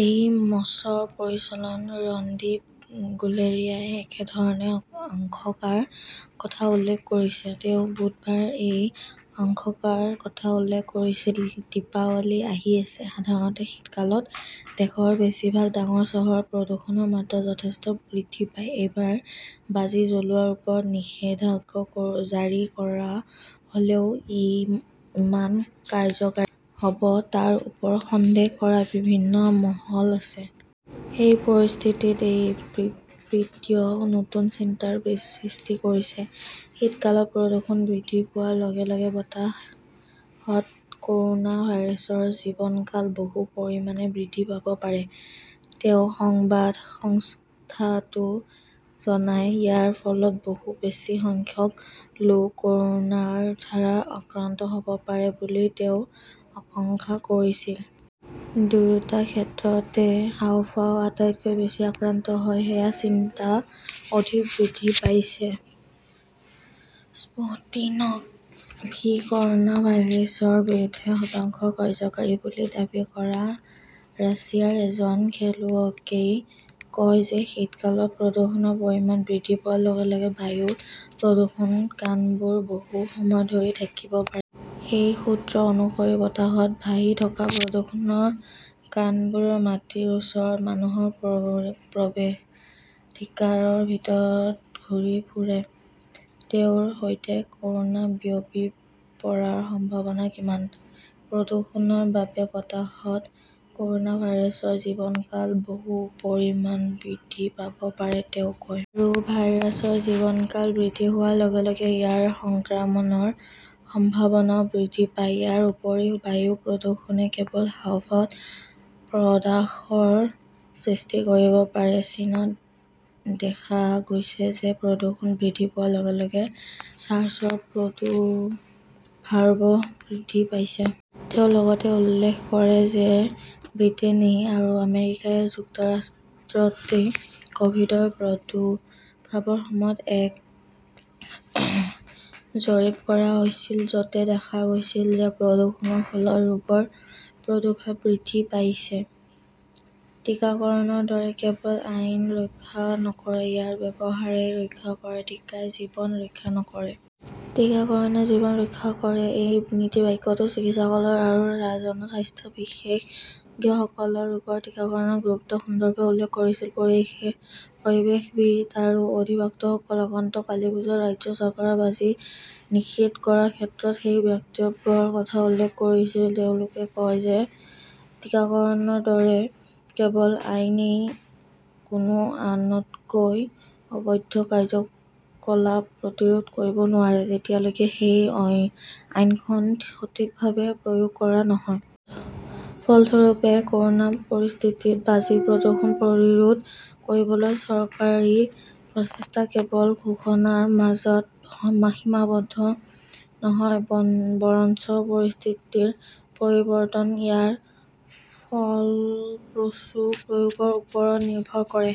এইমছৰ পৰিচালক ৰণদীপ গুলেৰিয়াই একেধৰণৰ আশংকাৰ কথা উল্লেখ কৰিছে। তেওঁ বুধবাৰে এই আশংকাৰ কথা উল্লেখ কৰিছিল। দীপাৱলী আহি আছে। সাধাৰণতে শীতকালত দেশৰ বেছিভাগ ডাঙৰ চহৰত প্ৰদূষণৰ মাত্ৰা যথেষ্ট বৃদ্ধি পায়। এইবাৰ বাজি জ্বলোৱাৰ ওপৰত নিষেধাজ্ঞা জাৰি কৰা হলেও ই কিমান কাৰ্যকৰী হব তাৰ ওপৰত সন্দেহ কৰা বিভিন্ন মহল আছে। সেই পৰিস্থিতিত এই বিবৃতিয়ে নতুন চিন্তাৰ সৃষ্টি কৰিছে। শীতকালত প্ৰদূষণ বৃদ্ধি পোৱাৰ লগে-লগে বতাহত কৰোনা ভাইৰাছৰ জীৱনকাল বহু পৰিমাণে বৃদ্ধি পাব পাৰে, তেওঁ সংবাদ সংস্থাটোক জনায়। ইয়াৰ ফলত বহু বেছি সংখ্যক লোক কৰোনাৰ দ্বাৰা আক্ৰান্ত হব পাৰে বুলি তেওঁ আশংকা কৰিছিল। দুয়োটা ক্ষেত্ৰতে হাঁওফাঁও আটাইতকৈ বেছি আক্ৰান্ত হয়, সেয়েহে চিন্তা অধিক বৃদ্ধি পাইছে। স্পুটনিক ভি কৰ'না ভাইৰাছৰ বিৰুদ্ধে শতাংশ কাৰ্যকৰী বুলি দাবী কৰা ৰাছিয়াৰ এজন খেলুৱৈয়ে কয় যে শীতকালত প্ৰদূষণৰ পৰিমাণ বৃদ্ধি পোৱাৰ লগে-লগে বায়ুত প্ৰদূষণৰ কণাবোৰ বহু সময় ধৰি থাকিব পাৰে। সেই সূত্ৰ অনুসৰি, বতাহত ভাহি থকা প্ৰদূষণৰ কণাবোৰ মাটিৰ ওচৰত, মানুহৰ প্ৰৱেশাধিকাৰৰ ভিতৰত ঘূৰি ফুৰে। তেওঁৰ সৈতে কৰোনা বিয়পি পৰাৰ সম্ভাৱনা কিমান? প্ৰদূষণৰ বাবে বতাহত কৰোনা ভাইৰাছৰ জীৱনকাল বহু পৰিমাণে বৃদ্ধি পাব পাৰে, তেওঁ কয়। আৰু ভাইৰাছৰ জীৱনকাল বৃদ্ধি হোৱাৰ লগে-লগে ইয়াৰ সংক্ৰমণৰ সম্ভাৱনাও বৃদ্ধি পায়। ইয়াৰ উপৰিও বায়ু প্ৰদূষণে কেৱল হাঁওফাঁওত প্ৰদাহৰ সৃষ্টি কৰিব পাৰে। চীনত দেখা গৈছে যে প্ৰদূষণ বৃদ্ধি পোৱাৰ লগে-লগে চাৰ্চৰ প্ৰাদুৰ্ভাৱ বৃদ্ধি পাইছে। তেওঁ লগতে উল্লেখ কৰে যে ব্ৰিটেইন আৰু আমেৰিকা যুক্তৰাষ্ট্ৰতো কভিডৰ প্ৰাদুৰ্ভাৱৰ সময়ত এক জৰীপ কৰা হৈছিল, যত দেখা গৈছিল যে প্ৰদূষণৰ ফলত ৰোগৰ প্ৰাদুৰ্ভাৱ বৃদ্ধি পাইছে। 'টিকাকৰণৰ দৰে কেৱল আইনহে ৰক্ষা নকৰে, ইয়াৰ ব্যৱহাৰেই ৰক্ষা কৰে টিকাই জীৱন ৰক্ষা নকৰে। টিকাকৰণে জীৱন ৰক্ষা কৰে। এই নীতিবাক্যটো চিকিৎসক আৰু জনস্বাস্থ্য বিশেষজ্ঞসকলে ৰোগৰ টিকাকৰণৰ গুৰুত্বৰ সন্দৰ্ভত উল্লেখ কৰিছিল। পৰিৱেশবিদ আৰু অধিবক্তাসকলে আগন্তুক কালীপুজোত ৰাজ্য চৰকাৰে বাজি নিষিদ্ধ কৰাৰ ক্ষেত্ৰত সেই বক্তব্যৰ কথা উল্লেখ কৰিছে। তেওঁলোকে কয় যে টিকাকৰণৰ দৰে কেৱল আইনেই কোনো অনৈতিক, অবৈধ কাৰ্যকলাপ প্ৰতিৰোধ কৰিব নোৱাৰে, যেতিয়ালৈকে সেই আইনখন সঠিকভাৱে প্ৰয়োগ কৰা নহয়। ফলস্বৰূপে, কৰোনা পৰিস্থিতিত বাজি-প্ৰদূষণ প্ৰতিৰোধ কৰিবলৈ চৰকাৰী প্ৰচেষ্টা কেৱল ঘোষণাৰ মাজতে সীমাবদ্ধ নহয়, বৰঞ্চ পৰিস্থিতিৰ পৰিৱৰ্তন ইয়াৰ ফলপ্ৰসূ প্ৰয়োগৰ ওপৰত নিৰ্ভৰ কৰে।